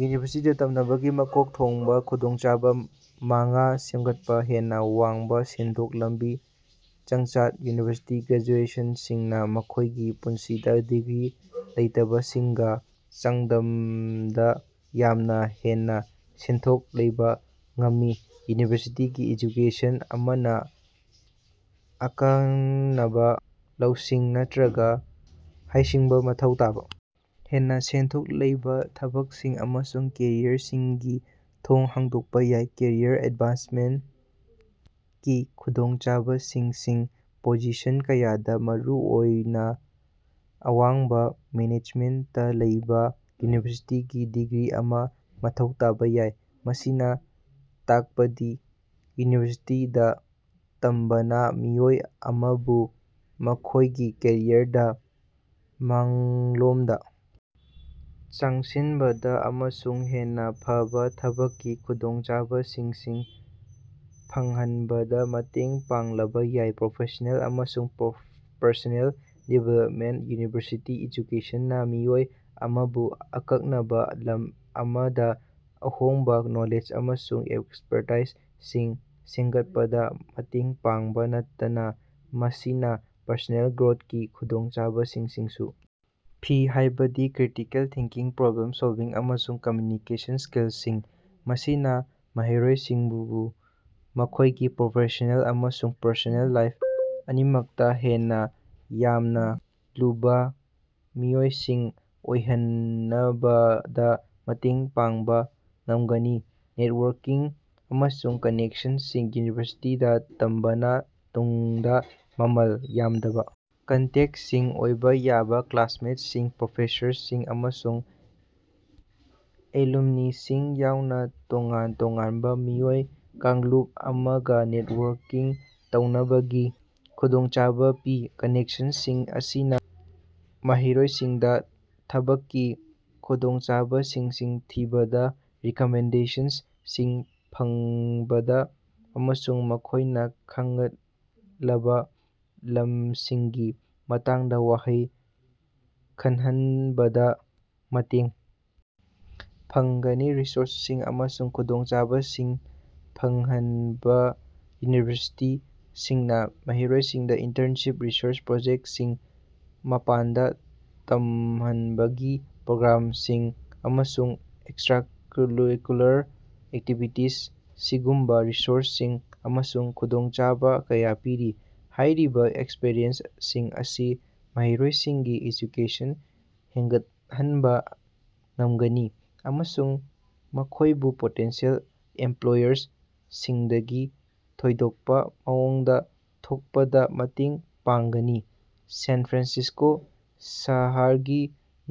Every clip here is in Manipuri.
ꯌꯨꯅꯤꯚꯔꯁꯤꯇꯤꯗ ꯇꯝꯅꯕꯒꯤ ꯃꯀꯣꯛ ꯊꯣꯡꯕ ꯈꯨꯗꯣꯡꯆꯥꯕ ꯃꯉꯥ ꯁꯦꯝꯒꯠꯄ꯫ ꯍꯦꯟꯅ ꯋꯥꯡꯕ ꯁꯦꯟꯊꯣꯛ ꯂꯝꯕꯤ ꯆꯥꯡꯆꯠꯇ ꯌꯨꯅꯤꯚꯔꯁꯤꯇꯤ ꯒ꯭ꯔꯦꯖꯨꯑꯦꯠꯁꯤꯡꯅ ꯃꯈꯣꯏꯒꯤ ꯄꯨꯟꯁꯤꯗ ꯗꯤꯒ꯭ꯔꯤ ꯂꯩꯇꯕꯁꯤꯡꯒ ꯆꯥꯡꯗꯝꯅꯕꯗ ꯌꯥꯝꯅ ꯍꯦꯟꯅ ꯁꯦꯟꯊꯣꯛ ꯂꯩꯕ ꯉꯝꯃꯤ꯫ ꯌꯨꯅꯤꯚꯔꯁꯤꯇꯤꯒꯤ ꯑꯦꯖꯨꯀꯦꯁꯟ ꯑꯃꯅ ꯑꯈꯟꯅꯕ ꯂꯧꯁꯤꯡ ꯅꯠꯇꯔꯒ ꯍꯩꯁꯤꯡꯕ ꯃꯊꯧ ꯇꯥꯕ ꯍꯦꯟꯅ ꯁꯦꯟꯊꯣꯛ ꯂꯩꯕ ꯊꯕꯛꯁꯤꯡ ꯑꯃꯁꯨꯡ ꯀꯦꯔꯤꯌꯔꯁꯤꯡꯒꯤ ꯊꯣꯡ ꯍꯥꯡꯗꯣꯛꯄ ꯌꯥꯏ꯫ ꯀꯦꯔꯤꯌꯔ ꯑꯦꯗꯚꯥꯟꯁꯃꯦꯟꯠꯀꯤ ꯈꯨꯗꯣꯡꯆꯥꯕꯁꯤꯡ: ꯄꯣꯖꯤꯁꯟ ꯀꯌꯥꯗ, ꯃꯔꯨꯑꯣꯏꯅ ꯑꯋꯥꯡꯕ ꯃꯦꯅꯦꯖꯃꯦꯟꯇꯇ ꯂꯩꯕ, ꯌꯨꯅꯤꯚꯔꯁꯤꯇꯤꯒꯤ ꯗꯤꯒ꯭ꯔꯤ ꯑꯃ ꯃꯊꯧ ꯇꯥꯕ ꯌꯥꯏ꯫ ꯃꯁꯤꯅ ꯇꯥꯛꯄꯗꯤ ꯌꯨꯅꯤꯚꯔꯁꯤꯇꯤꯗ ꯇꯝꯕꯅ ꯃꯤꯑꯣꯏ ꯑꯃꯕꯨ ꯃꯈꯣꯏꯒꯤ ꯀꯦꯔꯤꯌꯔꯗ ꯃꯥꯡꯂꯣꯝꯗ ꯆꯪꯁꯤꯟꯕꯗ ꯑꯃꯁꯨꯡ ꯍꯦꯟꯅ ꯐꯕ ꯊꯕꯛꯀꯤ ꯈꯨꯗꯣꯡꯆꯥꯕꯁꯤꯡ ꯐꯪꯍꯟꯕꯗ ꯃꯇꯦꯡ ꯄꯥꯡꯂꯕ ꯌꯥꯏ꯫ ꯄ꯭ꯔꯣꯐꯦꯁ꯭ꯅꯦꯜ ꯑꯃꯁꯨꯡ ꯄꯔꯁꯣꯅꯦꯜ ꯗꯤꯚꯦꯂꯄꯃꯦꯟꯠ: ꯌꯨꯅꯤꯚꯔꯁꯤꯇꯤ ꯑꯦꯖꯨꯀꯦꯁꯟꯅ ꯃꯤꯑꯣꯏ ꯑꯃꯕꯨ ꯑꯀꯛꯅꯕ ꯂꯝ ꯑꯃꯗ ꯑꯍꯣꯡꯕ ꯅꯣꯂꯦꯖ ꯑꯃꯁꯨꯡ ꯑꯦꯛꯁꯄ꯭ꯔꯠꯁꯤꯡ ꯁꯦꯝꯒꯠꯄꯗ ꯃꯇꯦꯡ ꯄꯥꯡꯕꯇ ꯅꯠꯇꯅ, ꯃꯁꯤꯅ ꯄꯔꯁꯣꯅꯦꯜ ꯒ꯭ꯔꯣꯊꯀꯤ ꯈꯨꯗꯣꯡꯆꯥꯕꯁꯤꯡꯁꯨ ꯄꯤ, ꯍꯥꯏꯕꯗꯤ ꯀ꯭ꯔꯤꯇꯤꯀꯦꯜ ꯊꯤꯡꯀꯤꯡ, ꯄ꯭ꯔꯣꯕ꯭ꯂꯦꯝ ꯁꯣꯜꯚꯤꯡ, ꯑꯃꯁꯨꯡ ꯀꯝꯃ꯭ꯌꯨꯅꯤꯀꯦꯁꯟ ꯁ꯭ꯀꯤꯂꯁꯤꯡ꯫ ꯃꯁꯤꯅ ꯃꯍꯩꯔꯣꯏꯁꯤꯡꯕꯨ ꯃꯈꯣꯏꯒꯤ ꯄ꯭ꯔꯣꯐꯦꯁ꯭ꯅꯦꯜ ꯑꯃꯁꯨꯡ ꯄꯔꯁꯣꯅꯦꯜ ꯂꯥꯏꯐ ꯑꯅꯤꯃꯛꯇ ꯍꯦꯟꯅ ꯌꯥꯝꯅ ꯂꯨꯕ ꯃꯤꯑꯣꯏꯁꯤꯡ ꯑꯣꯏꯍꯟꯕꯗ ꯃꯇꯦꯡ ꯄꯥꯡꯕ ꯉꯃꯒꯅꯤ꯫ ꯅꯦꯠꯋꯥꯔꯀꯤꯡ ꯑꯃꯁꯨꯡ ꯀꯅꯦꯛꯁꯟꯁꯤꯡ: ꯌꯨꯅꯤꯚꯔꯁꯤꯇꯤꯗ ꯇꯝꯕꯅ ꯇꯨꯡꯗ ꯃꯃꯜ ꯌꯥꯝꯂꯕ ꯀꯟꯇꯦꯛꯁꯤꯡ ꯑꯣꯏꯕ ꯌꯥꯕ ꯀ꯭ꯂꯥꯁꯃꯦꯠꯁꯤꯡ, ꯄ꯭ꯔꯣꯐꯦꯁꯔꯁꯤꯡ, ꯑꯃꯁꯨꯡ ꯑꯦꯂꯨꯝꯅꯤꯁꯤꯡ ꯌꯥꯎꯅ ꯇꯣꯉꯥꯟ-ꯇꯣꯉꯥꯟꯕ ꯃꯤꯑꯣꯏ ꯀꯥꯡꯂꯨꯞ ꯑꯃꯒ ꯅꯦꯠꯋꯥꯔꯀꯤꯡ ꯇꯧꯅꯕꯒꯤ ꯈꯨꯗꯣꯡꯆꯥꯕ ꯄꯤ꯫ ꯀꯅꯦꯛꯁꯟꯁꯤꯡ ꯑꯁꯤꯅ ꯃꯍꯩꯔꯣꯏꯁꯤꯡꯗꯥ ꯊꯕꯛꯀꯤ ꯈꯨꯗꯣꯡꯆꯥꯕꯁꯤꯡ ꯊꯤꯕꯗ, ꯔꯤꯀꯃꯦꯟꯗꯦꯁꯟꯁꯤꯡ ꯐꯪꯕꯗ ꯑꯃꯁꯨꯡ ꯃꯈꯣꯏꯅ ꯈꯪꯒꯠꯂꯕ ꯂꯝꯁꯤꯡꯒꯤ ꯃꯇꯥꯡꯗ ꯋꯥꯈꯜ ꯈꯟꯕ ꯉꯝꯍꯟꯕꯗ ꯃꯇꯦꯡ ꯄꯥꯡꯒꯅꯤ꯫ ꯔꯤꯁꯣꯔ꯭ꯁꯁꯤꯡ ꯑꯃꯁꯨꯡ ꯈꯨꯗꯣꯡꯆꯥꯕꯁꯤꯡ ꯐꯪꯍꯅꯕ ꯌꯨꯅꯤꯚꯔꯁꯤꯇꯤꯁꯤꯡꯅ ꯃꯍꯩꯔꯣꯏꯁꯤꯡꯗ ꯏꯟꯇꯔꯅꯁꯤꯞ, ꯔꯤꯁꯔꯆ ꯄ꯭ꯔꯣꯖꯦꯛꯇꯁꯤꯡ, ꯃꯄꯥꯟꯗ ꯇꯝꯅꯕꯒꯤ ꯄ꯭ꯔꯣꯒ꯭ꯔꯥꯝꯁꯤꯡ, ꯑꯃꯁꯨꯡ ꯑꯦꯛꯁꯇ꯭ꯔꯥꯀꯔꯤꯀꯨꯂꯔ ꯑꯦꯛꯇꯤꯕꯤꯇꯤꯁꯤꯡꯒꯨꯝꯕ ꯔꯤꯁꯣꯔ꯭ꯁꯁꯤꯡ ꯑꯃꯁꯨꯡ ꯈꯨꯗꯣꯡꯆꯥꯕ ꯀꯌꯥ ꯄꯤꯔꯤ꯫ ꯍꯥꯏꯔꯤꯕ ꯑꯦꯛꯁꯄꯔꯤꯌꯦꯟꯁꯁꯤꯡ ꯑꯁꯤꯅ ꯃꯍꯩꯔꯣꯏꯁꯤꯡꯒꯤ ꯑꯦꯖꯨꯀꯦꯁꯟ ꯍꯦꯡꯒꯠꯍꯟꯕ ꯉꯝꯒꯅꯤ ꯑꯃꯁꯨꯡ ꯃꯈꯣꯏꯕꯨ ꯄꯣꯇꯦꯟꯁꯤꯌꯦꯜ ꯏꯝꯄ꯭ꯂꯣꯌꯔꯁꯤꯡꯗꯒꯤ ꯊꯣꯏꯗꯣꯛꯄ ꯃꯑꯣꯡꯗ ꯊꯣꯛꯄꯗ ꯃꯇꯦꯡ ꯄꯥꯡꯒꯅꯤ꯫ ꯁꯥꯟ ꯐ꯭ꯔꯥꯟꯁꯤꯁ꯭ꯀꯣ ꯁꯍꯔꯒꯤ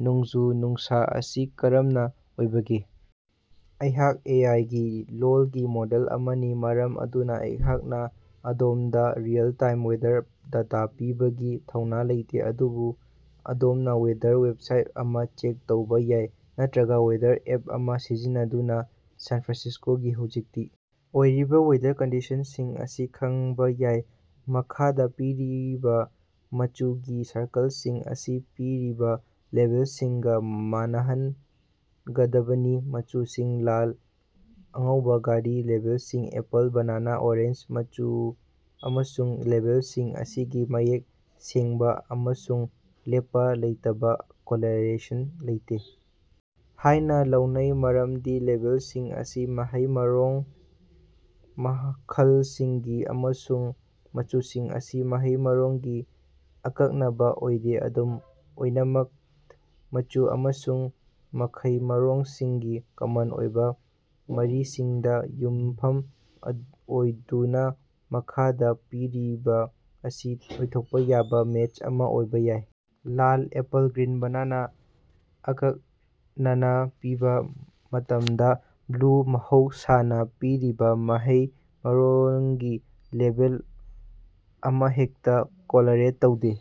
ꯅꯣꯡꯖꯨ-ꯅꯨꯡꯁꯥ ꯑꯁꯤ ꯀꯔꯝꯅ ꯑꯣꯏꯕꯒꯦ? ꯑꯩꯍꯥꯛ ꯑꯦ. ꯑꯥꯏ. ꯒꯤ ꯂꯣꯜꯒꯤ ꯃꯣꯗꯦꯜ ꯑꯃꯅꯤ, ꯃꯔꯝ ꯑꯗꯨꯅ ꯑꯩꯍꯥꯛꯅ ꯑꯗꯣꯝꯗ ꯔꯤꯑꯦꯜ-ꯇꯥꯏꯝ ꯋꯦꯗꯔ ꯗꯦꯇꯥ ꯄꯤꯕꯒꯤ ꯊꯧꯅꯥ ꯂꯩꯇꯦ, ꯑꯗꯨꯕꯨ ꯑꯗꯣꯝꯅ ꯋꯦꯗꯔ ꯋꯦꯕꯁꯥꯏꯠ ꯑꯃ ꯆꯦꯛ ꯇꯧꯕ ꯌꯥꯏ ꯅꯠꯇꯔꯒ ꯋꯦꯗꯔ ꯑꯦꯞ ꯑꯃ ꯁꯤꯖꯤꯟꯅꯗꯨꯅ ꯁꯥꯟ ꯐ꯭ꯔꯥꯟꯁꯤꯁ꯭ꯀꯣꯒꯤ ꯍꯧꯖꯤꯛ ꯑꯣꯏꯔꯤꯕ ꯋꯦꯗꯔ ꯀꯟꯗꯤꯁꯟꯁꯤꯡ ꯑꯁꯤ ꯈꯪꯕ ꯌꯥꯏ꯫ ꯃꯈꯥꯗꯥ ꯄꯤꯔꯤꯕ ꯃꯆꯨꯒꯤ ꯁꯔꯀꯜꯁꯤꯡ ꯑꯁꯤ ꯄꯤꯔꯤꯕ ꯂꯦꯕꯦꯜꯁꯤꯡꯒ ꯃꯥꯟꯅꯍꯟꯒꯗꯕꯅꯤ꯫ ꯃꯆꯨꯁꯤꯡ: ꯂꯥꯜ, ꯑꯉꯧꯕꯥ, ꯒꯔꯤ, ꯂꯦꯕꯦꯜꯁꯤꯡ: ꯑꯦꯄꯜ, ꯕꯅꯥꯅꯥ, ꯑꯣꯔꯦꯟꯖ꯫ ꯃꯆꯨ ꯑꯃꯁꯨꯡ ꯂꯦꯕꯦꯜꯁꯤꯡ ꯑꯁꯤꯒꯤ ꯃꯌꯦꯛ ꯁꯦꯡꯕ ꯑꯃꯁꯨꯡ ꯂꯦꯞꯄ ꯂꯩꯇꯕ ꯀꯣꯔꯤꯂꯦꯁꯟ ꯂꯩꯇꯦ ꯍꯥꯏꯅ ꯂꯧꯅꯩ, ꯃꯔꯝꯗꯤ ꯂꯦꯕꯦꯜꯁꯤꯡ ꯑꯁꯤ ꯃꯍꯩ ꯃꯔꯣꯡ ꯃꯈꯜꯁꯤꯡꯅꯤ ꯑꯃꯁꯨꯡ ꯃꯆꯨꯁꯤꯡ ꯑꯁꯤ ꯃꯍꯩ-ꯃꯔꯣꯡꯒꯤ ꯑꯀꯛꯅꯕ ꯑꯣꯏꯗꯦ꯫ ꯑꯗꯨꯝ ꯑꯣꯏꯅꯃꯛ, ꯃꯆꯨ ꯑꯃꯁꯨꯡ ꯃꯍꯩ-ꯃꯔꯣꯡꯁꯤꯡꯒ ꯀꯃꯟ ꯑꯣꯏꯕ ꯃꯔꯤꯁꯤꯡꯗ ꯌꯨꯝꯐꯝ ꯑꯣꯏꯗꯨꯅ, ꯃꯈꯥꯗ ꯄꯤꯔꯤꯕ ꯑꯁꯤ ꯑꯣꯏꯊꯣꯛꯄ ꯌꯥꯕ ꯃꯦꯆ ꯑꯃ ꯑꯣꯏꯕꯥ ꯌꯥꯏ: ꯂꯥꯜ:ꯑꯦꯄꯜ ꯒ꯭ꯔꯤꯟ :ꯕꯅꯥꯅꯥ (ꯑꯀꯛꯅꯅꯥ ꯄꯤꯛꯄ ꯃꯇꯝꯗ) ꯕ꯭ꯂꯨ: ꯃꯍꯧꯁꯥꯅꯥ ꯄꯤꯔꯤꯕꯥ ꯃꯍꯩ-ꯃꯔꯣꯡꯒꯤ ꯂꯦꯕꯦꯜ ꯑꯃꯍꯦꯛꯇ ꯀꯣꯔꯤꯂꯦꯠ ꯇꯧꯗꯦ꯫